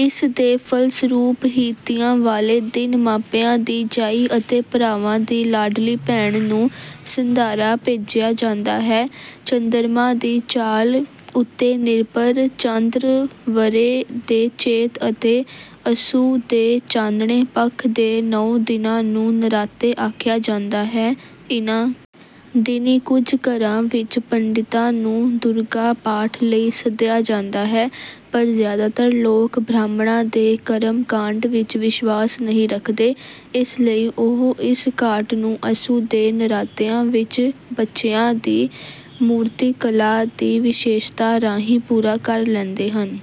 ਇਸ ਦੇ ਫਲਸਰੂਪ ਹੀ ਤੀਆਂ ਵਾਲੇ ਦਿਨ ਮਾਪਿਆਂ ਦੀ ਜਾਈ ਅਤੇ ਭਰਾਵਾਂ ਦੀ ਲਾਡਲੀ ਭੈਣ ਨੂੰ ‘ਸੰਧਾਰਾ’ ਭੇਜਿਆ ਜਾਂਦਾ ਹੈ। ਚੰਦਰਮਾ ਦੀ ਚਾਲ ਉੱਤੇ ਨਿਰਭਰ ਚਾਂਦ੍ਰ ਵਰ੍ਹੇ ਦੇ ਚੇਤ ਅਤੇ ਅੱਸੂ ਦੇ ਚਾਨਣੇ ਪੱਖ ਦੇ ਨੌਂ ਦਿਨਾਂ ਨੂੰ ਨਰਾਤੇ ਆਖਿਆ ਜਾਂਦਾ ਹੈ। ਇਨ੍ਹਾਂ ਦਿਨੀਂ ਕੁਝ ਘਰਾਂ ਵਿੱਚ ਪੰਡਿਤਾਂ ਨੂੰ ਦੁਰਗਾ ਪਾਠ ਲਈ ਸੱਦਿਆ ਜਾਂਦਾ ਹੈ, ਪਰ ਜ਼ਿਆਦਾਤਰ ਲੋਕ ਬ੍ਰਾਹਮਣਾਂ ਦੇ ਕਰਮ-ਕਾਂਡ ਵਿੱਚ ਵਿਸ਼ਵਾਸ ਨਹੀਂ ਰੱਖਦੇ। ਇਸ ਲਈ ਉਹ ਇਸ ਘਾਟ ਨੂੰ ਅੱਸੂ ਦੇ ਨਰਾਤਿਆਂ ਵਿੱਚ ਬੱਚਿਆਂ ਦੀ ਮੂਰਤੀ-ਕਲਾ ਦੀ ਵਿਸ਼ੇਸ਼ਤਾ ਰਾਹੀਂ ਪੂਰਾ ਕਰ ਲੈਂਦੇ ਹਨ।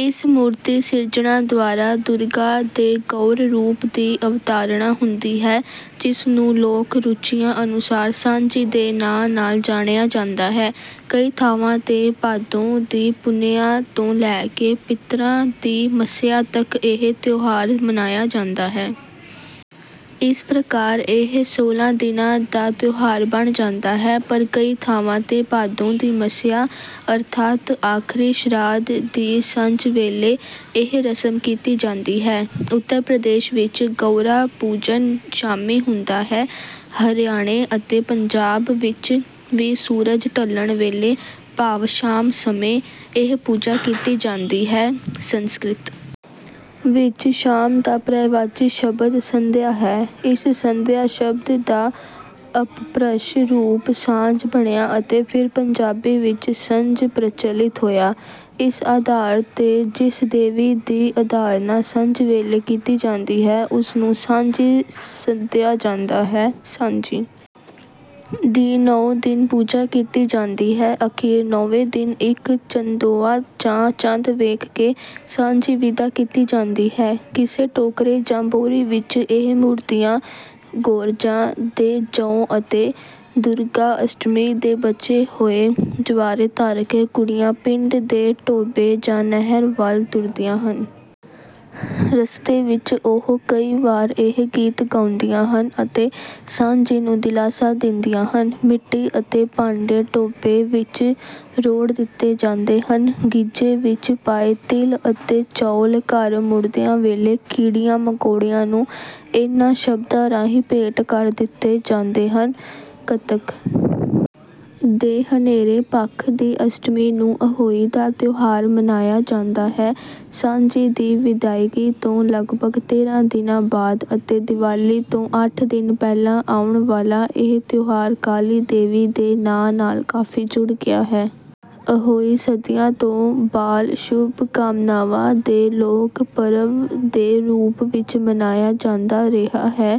ਇਸ ਮੂਰਤੀ-ਸਿਰਜਣਾ ਦੁਆਰਾ ਦੁਰਗਾ ਦੇ ਗੌਰ ਰੂਪ ਦੀ ਅਵਤਾਰਣਾ ਹੁੰਦੀ ਹੈ, ਜਿਸ ਨੂੰ ਲੋਕ-ਰੁਚੀਆਂ ਅਨੁਸਾਰ ‘ਸਾਂਝੀ’ ਦੇ ਨਾਂ ਨਾਲ ਜਾਣਿਆ ਜਾਂਦਾ ਹੈ। ਕਈ ਥਾਵਾਂ ’ਤੇ ਭਾਦੋਂ ਦੀ ਪੁੰਨਿਆਂ ਤੋਂ ਲੈ ਕੇ ਪਿਤਰਾਂ ਦੀ ਮੱਸਿਆ ਤੱਕ ਇਹ ਤਿਉਹਾਰ ਮਨਾਇਆ ਜਾਂਦਾ ਹੈ। ਇਸ ਪ੍ਰਕਾਰ ਇਹ ਸੋਲ੍ਹਾਂ ਦਿਨਾਂ ਦਾ ਤਿਉਹਾਰ ਬਣ ਜਾਂਦਾ ਹੈ। ਪਰ ਕਈ ਥਾਵਾਂ ’ਤੇ ਭਾਦੋਂ ਦੀ ਮੱਸਿਆ, ਅਰਥਾਤ ਆਖ਼ਰੀ ਸ਼ਰਾਧ ਦੀ ਸੰਝ ਵੇਲੇ, ਇਹ ਰਸਮ ਕੀਤੀ ਜਾਂਦੀ ਹੈ। ਉੱਤਰ ਪ੍ਰਦੇਸ਼ ਵਿੱਚ ਗੌਰਾ-ਪੂਜਨ ਸ਼ਾਮੀਂ ਹੁੰਦਾ ਹੈ ਹਰਿਆਣੇ ਅਤੇ ਪੰਜਾਬ ਵਿੱਚ ਵੀ ਸੂਰਜ ਢਲਣ ਵੇਲੇ, ਭਾਵ ਸ਼ਾਮ ਸਮੇਂ, ਇਹ ਪੂਜਾ ਕੀਤੀ ਜਾਂਦੀ ਹੈ। ਸੰਸਕ੍ਰਿਤ ਵਿੱਚ ‘ਸ਼ਾਮ’ ਦਾ ਪ੍ਰਯਾਇਵਾਚੀ ਸ਼ਬਦ ‘ਸੰਧਿਆ’ ਹੈ। ਇਸ ‘ਸੰਧਿਆ’ ਸ਼ਬਦ ਦਾ ਅਪਭ੍ਰੰਸ਼ ਰੂਪ ‘ਸਾਂਝ’ ਬਣਿਆ ਅਤੇ ਫਿਰ ਪੰਜਾਬੀ ਵਿੱਚ ‘ਸੰਝ’ ਪ੍ਰਚਲਿਤ ਹੋਇਆ। ਇਸ ਆਧਾਰ ’ਤੇ ਜਿਸ ਦੇਵੀ ਦੀ ਅਰਾਧਨਾ ਸੰਝ ਵੇਲੇ ਕੀਤੀ ਜਾਂਦੀ ਹੈ, ਉਸ ਨੂੰ ‘ਸਾਂਝੀ’ ਸੱਦਿਆ ਜਾਂਦਾ ਹੈ। ਸਾਂਝੀ ਦੀ ਨੌਂ ਦਿਨ ਪੂਜਾ ਕੀਤੀ ਜਾਂਦੀ ਹੈ। ਅਖ਼ੀਰ ਨੌਵੇਂ ਦਿਨ ਇੱਕ ਚੰਦੋਆ ਜਾਂ ਚੰਦ ਵੇਖ ਕੇ ‘ਸਾਂਝੀ’ ਵਿਦਾ ਕੀਤੀ ਜਾਂਦੀ ਹੈ। ਕਿਸੇ ਟੋਕਰੇ ਜਾਂ ਬੋਰੀ ਵਿੱਚ ਇਹ ਮੂਰਤੀਆਂ, ਗੋਰਜਾਂ ਦੇ ਜੌਂ ਅਤੇ ਦੁਰਗਾ ਅਸ਼ਟਮੀ ਦੇ ਬਚੇ ਹੋਏ ਜਵਾਰੇ ਧਰ ਕੇ ਕੁੜੀਆਂ ਪਿੰਡ ਦੇ ਟੋਭੇ ਜਾਂ ਨਹਿਰ ਵੱਲ ਤੁਰਦੀਆਂ ਹਨ। ਰਸਤੇ ਵਿੱਚ ਉਹ ਕਈ ਵਾਰ ਇਹ ਗੀਤ ਗਾਉਂਦੀਆਂ ਹਨ ਅਤੇ ਸਾਂਝੀ ਨੂੰ ਦਿਲਾਸਾ ਦਿੰਦੀਆਂ ਹਨ। ਮਿੱਟੀ ਅਤੇ ਭਾਂਡੇ ਟੋਭੇ ਵਿੱਚ ਰੋੜ੍ਹ ਦਿੱਤੇ ਜਾਂਦੇ ਹਨ। ਗੀਝੇ ਵਿੱਚ ਪਾਏ ਤਿਲ ਅਤੇ ਚੌਲ ਘਰ ਮੁੜਦਿਆਂ ਵੇਲੇ ਕੀੜੀਆਂ-ਮਕੌੜਿਆਂ ਨੂੰ ਇਨ੍ਹਾਂ ਸ਼ਬਦਾਂ ਰਾਹੀਂ ਭੇਟ ਕਰ ਦਿੱਤੇ ਜਾਂਦੇ ਹਨ। ਕੱਤਕ ਦੇ ਹਨੇਰੇ ਪੱਖ ਦੀ ਅਸ਼ਟਮੀ ਨੂੰ ‘ਅਹੋਈ’ ਦਾ ਤਿਉਹਾਰ ਮਨਾਇਆ ਜਾਂਦਾ ਹੈ। ਸਾਂਝੀ ਦੀ ਵਿਦਾਇਗੀ ਤੋਂ ਲਗਭਗ ਤੇਰ੍ਹਾਂ ਦਿਨਾਂ ਬਾਅਦ ਅਤੇ ਦੀਵਾਲੀ ਤੋਂ ਅੱਠ ਦਿਨ ਪਹਿਲਾਂ ਆਉਣ ਵਾਲਾ ਇਹ ਤਿਉਹਾਰ ਕਾਲੀ ਦੇਵੀ ਦੇ ਨਾਂ ਨਾਲ ਕਾਫ਼ੀ ਜੁੜ ਗਿਆ ਹੈ। ਅਹੋਈ ਸਦੀਆਂ ਤੋਂ ਬਾਲ-ਸ਼ੁਭ ਕਾਮਨਾਵਾਂ ਦੇ ਲੋਕ-ਪਰਵ ਦੇ ਰੂਪ ਵਿੱਚ ਮਨਾਇਆ ਜਾਂਦਾ ਰਿਹਾ ਹੈ।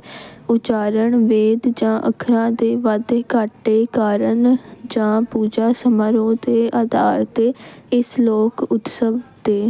ਉਚਾਰਣ, ਵੇਦ ਜਾਂ ਅੱਖਰਾਂ ਦੇ ਵਾਧੇ-ਘਾਟੇ ਕਾਰਨ ਜਾਂ ਪੂਜਾ-ਸਮਾਰੋਹ ਦੇ ਆਧਾਰ ’ਤੇ ਇਸ ਲੋਕ-ਉਤਸਵ ਦੇ…